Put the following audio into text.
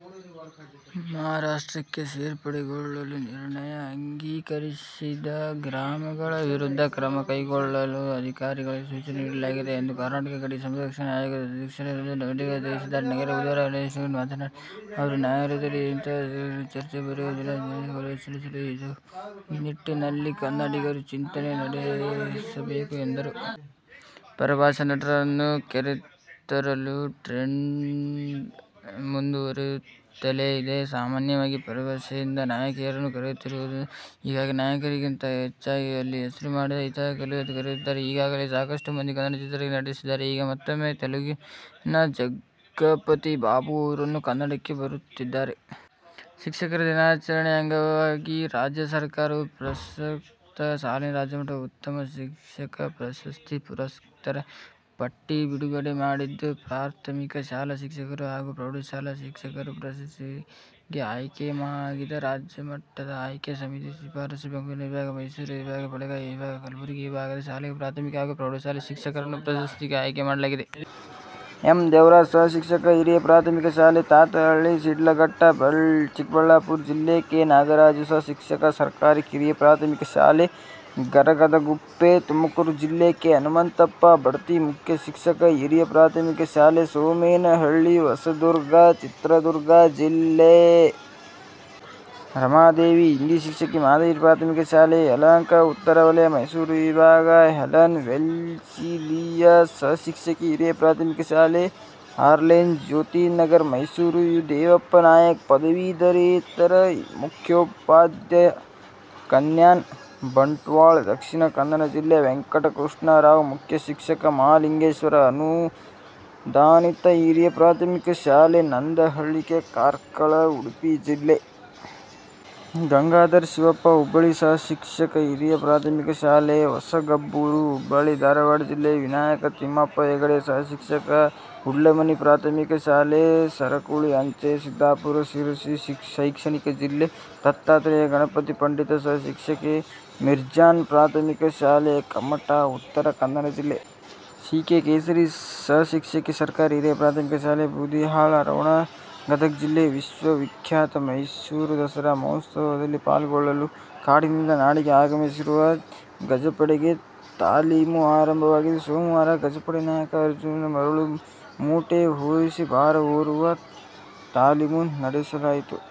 ಮಹಾರಾಷ್ಟ್ರಕ್ಕೆ ಸೇರ್ಪಡೆಗೊಳ್ಳಲು ನಿರ್ಣಯ ಅಂಗೀಕರಿಸಿದ ಗ್ರಾಮಗಳ ವಿರುದ್ಧ ಕ್ರಮ ಕೈಗೊಳ್ಳಲು ಅಧಿಕಾರಿಗಳಿಗೆ ಸೂಚನೆ ನೀಡಲಾಗಿದೆ ಎಂದು ಕರ್ನಾಟಕ ಗಡಿ ಸಂರಕ್ಷಣಾ ಆಯೋಗದ ಅಧ್ಯಕ್ಷ ವಿ. ಎಸ್. ಮಳಿಮಠ ತಿಳಿಸಿದ್ದಾರೆ. ನಗರದಲ್ಲಿ ಬುಧವಾರ ಪತ್ರಿಕಾಗೋಷ್ಠಿಯಲ್ಲಿ ಮಾತನಾಡಿದ ಅವರು, ನ್ಯಾಯಾಲಯದಲ್ಲಿ ಇಂಥ ವಿಷಯಗಳು ಚರ್ಚೆಗೆ ಬರುವುದಿಲ್ಲ. ಬೇರೆ ರಾಜ್ಯಕ್ಕೆ ಸೇರ್ಪಡೆಗೊಂಡ ಕನ್ನಡಿಗರ ಹಿತ ಕಾಪಾಡುವ ನಿಟ್ಟಿನಲ್ಲಿ ಕನ್ನಡಿಗರು ಚಿಂತನೆ ನಡೆಸಬೇಕು ಎಂದರು. ಪರಭಾಷಾ ನಟರನ್ನು ಕರೆತರುವ ಟ್ರೆಂಡ್ ಮುಂದುವರೆಯುತ್ತಲೇ ಇದೆ. ಸಾಮಾನ್ಯವಾಗಿ ಪರಭಾಷೆಯಿಂದ ನಾಯಕಿಯರನ್ನು ಕರೆತರುತ್ತಿದ್ದರು. ಈಗ ನಾಯಕಿಯರಿಗಿಂತ ಹೆಚ್ಚಾಗಿ ಅಲ್ಲಿ ಹೆಸರು ಮಾಡಿದ ಇತರ ಕಲಾವಿದರನ್ನು ಕರೆತರಲಾಗುತ್ತಿದೆ. ಈಗಾಗಲೇ ಸಾಕಷ್ಟು ಮಂದಿ ಕನ್ನಡ ಚಿತ್ರಗಳಲ್ಲಿ ನಟಿಸಿದ್ದಾರೆ. ಈಗ ಮತ್ತೂಮ್ಮೆ ತೆಲುಗಿನ ಜಗಪತಿ ಬಾಬು ಅವರು ಕನ್ನಡಕ್ಕೆ ಬರುತ್ತಿದ್ದಾರೆ. ಶಿಕ್ಷಕರ ದಿನಾಚರಣೆ ಅಂಗವಾಗಿ ರಾಜ್ಯ ಸರ್ಕಾರವು ಪ್ರಸಕ್ತ ಸಾಲಿನ ರಾಜ್ಯಮಟ್ಟದ ಉತ್ತಮ ಶಿಕ್ಷಕ ಪ್ರಶಸ್ತಿ ಪುರಸ್ಕೃತರ ಪಟ್ಟಿ ಬಿಡುಗಡೆ ಮಾಡಿದ್ದು, ಪ್ರಾಥಮಿಕ ಶಾಲಾ ಶಿಕ್ಷಕರು ಹಾಗೂ ಪ್ರೌಢಶಾಲಾ ಶಿಕ್ಷಕರು ಪ್ರಶಸ್ತಿಗೆ ಆಯ್ಕೆಯಾಗಿದ್ದಾರೆ. ರಾಜ್ಯ ಮಟ್ಟದ ಆಯ್ಕೆ ಸಮಿತಿ ಶಿಫಾರಸಿನಂತೆ ಬೆಂಗಳೂರು ವಿಭಾಗ, ಮೈಸೂರು ವಿಭಾಗ, ಬೆಳಗಾವಿ ವಿಭಾಗ, ಕಲಬುರಗಿ ವಿಭಾಗದ ಶಾಲೆಗಳ ಪ್ರಾಥಮಿಕ ಹಾಗೂ ಪ್ರೌಢಶಾಲಾ ಶಿಕ್ಷಕರನ್ನು ಪ್ರಶಸ್ತಿಗೆ ಆಯ್ಕೆ ಮಾಡಲಾಗಿದೆ. ಎಂ. ದೇವರಾಜ್- ಸಹ ಶಿಕ್ಷಕ, ಹಿರಿಯ ಪ್ರಾಥಮಿಕ ಶಾಲೆ, ತಾತಹಳ್ಳಿ, ಶಿಡ್ಲಘಟ್ಟ, ಚಿಕ್ಕಬಳ್ಳಾಪುರ ಜಿಲ್ಲೆ. ಕೆ. ನಾಗರಾಜು- ಸಹ ಶಿಕ್ಷಕ, ಸರ್ಕಾರಿ ಕಿರಿಯ ಪ್ರಾಥಮಿಕ ಶಾಲೆ, ಗರಗದಗುಪ್ಪೆ, ತುಮಕೂರು ಜಿಲ್ಲೆ. ಕೆ. ಹನುಮಂತಪ್ಪ- ಬಡ್ತಿ ಮುಖ್ಯ ಶಿಕ್ಷಕ, ಹಿರಿಯ ಪ್ರಾಥಮಿಕ ಶಾಲೆ, ಸೋಮೇನಹಳ್ಳಿ, ಹೊಸದುರ್ಗ, ಚಿತ್ರದುರ್ಗ ಜಿಲ್ಲೆ. ರಮಾದೇವಿ- ಹಿಂದಿ ಶಿಕ್ಷಕಿ, ಮಾದರಿ ಪ್ರಾಥಮಿಕ ಶಾಲೆ, ಯಲಹಂಕ ಉತ್ತರ ವಲಯ. ಮೈಸೂರು ವಿಭಾಗ: ಹೆಲನ್ ವೆಲ್ಸಿಲೀಯ- ಸಹ ಶಿಕ್ಷಕಿ, ಹಿರಿಯ ಪ್ರಾಥಮಿಕ ಶಾಲೆ, ಹಾರ್ಲೇನ್ ಜ್ಯೋತಿನಗರ, ಮೈಸೂರು. ಯು. ದೇವಪ್ಪನಾಯ್ಕ- ಪದವೀಧರೇತರ ಮುಖ್ಯೋಪಾಧ್ಯಾಯ, ಕನ್ಯಾನ, ಬಂಟ್ವಾಳ, ದಕ್ಷಿಣ ಕನ್ನಡ ಜಿಲ್ಲೆ. ವೆಂಕಟಕೃಷ್ಣರಾವ್- ಮುಖ್ಯ ಶಿಕ್ಷಕ, ಮಹಾಲಿಂಗೇಶ್ವರ ಅನುದಾನಿತ ಹಿರಿಯ ಪ್ರಾಥಮಿಕ ಶಾಲೆ, ನಂದಳಿಕೆ, ಕಾರ್ಕಳ, ಉಡುಪಿ ಜಿಲ್ಲೆ. ಗಂಗಾಧರ ಶಿವಪ್ಪ ಹುಬ್ಬಳ್ಳಿ- ಸಹ ಶಿಕ್ಷಕ, ಹಿರಿಯ ಪ್ರಾಥಮಿಕ ಶಾಲೆ, ಹೊಸಗಬ್ಬೂರು, ಹುಬ್ಬಳ್ಳಿ, ಧಾರವಾಡ ಜಿಲ್ಲೆ. ವಿನಾಯಕ ತಿಮ್ಮಪ್ಪ ಹೆಗಡೆ- ಸಹ ಶಿಕ್ಷಕ, ಹೂಡ್ಲಮನೆ ಪ್ರಾಥಮಿಕ ಶಾಲೆ, ಸರಕುಳಿ ಅಂಚೆ, ಸಿದ್ದಾಪುರ, ಶಿರಸಿ ಶೈಕ್ಷಣಿಕ ಜಿಲ್ಲೆ. ದತ್ತಾತ್ರೇಯ ಗಣಪತಿ ಪಂಡಿತ- ಸಹ ಶಿಕ್ಷಕ, ಮಿರ್ಜಾನ ಪ್ರಾಥಮಿಕ ಶಾಲೆ, ಕುಮಟಾ, ಉತ್ತರ ಕನ್ನಡ ಜಿಲ್ಲೆ. ಸಿ. ಕೆ. ಕೇಸರಿ- ಸಹ ಶಿಕ್ಷಕ, ಸರ್ಕಾರಿ ಹಿರಿಯ ಪ್ರಾಥಮಿಕ ಶಾಲೆ, ಬೂದಿಹಾಳ, ರೋಣ, ಗದಗ ಜಿಲ್ಲೆ. ವಿಶ್ವ ವಿಖ್ಯಾತ ಮೈಸೂರು ದಸರಾ ಮಹೋತ್ಸವದಲ್ಲಿ ಪಾಲ್ಗೊಳ್ಳಲು ಕಾಡಿನಿಂದ ನಾಡಿಗೆ ಆಗಮಿಸಿರುವ ಗಜಪಡೆಗೆ ತಾಲೀಮು ಆರಂಭವಾಗಿದ್ದು, ಸೋಮವಾರ ಗಜಪಡೆ ನಾಯಕ ಅರ್ಜುನನಿಗೆ ಮರಳು ಮೂಟೆ ಹೊರಿಸಿ ಭಾರ ಹೊರುವ ತಾಲೀಮು ನಡೆಸಲಾಯಿತು.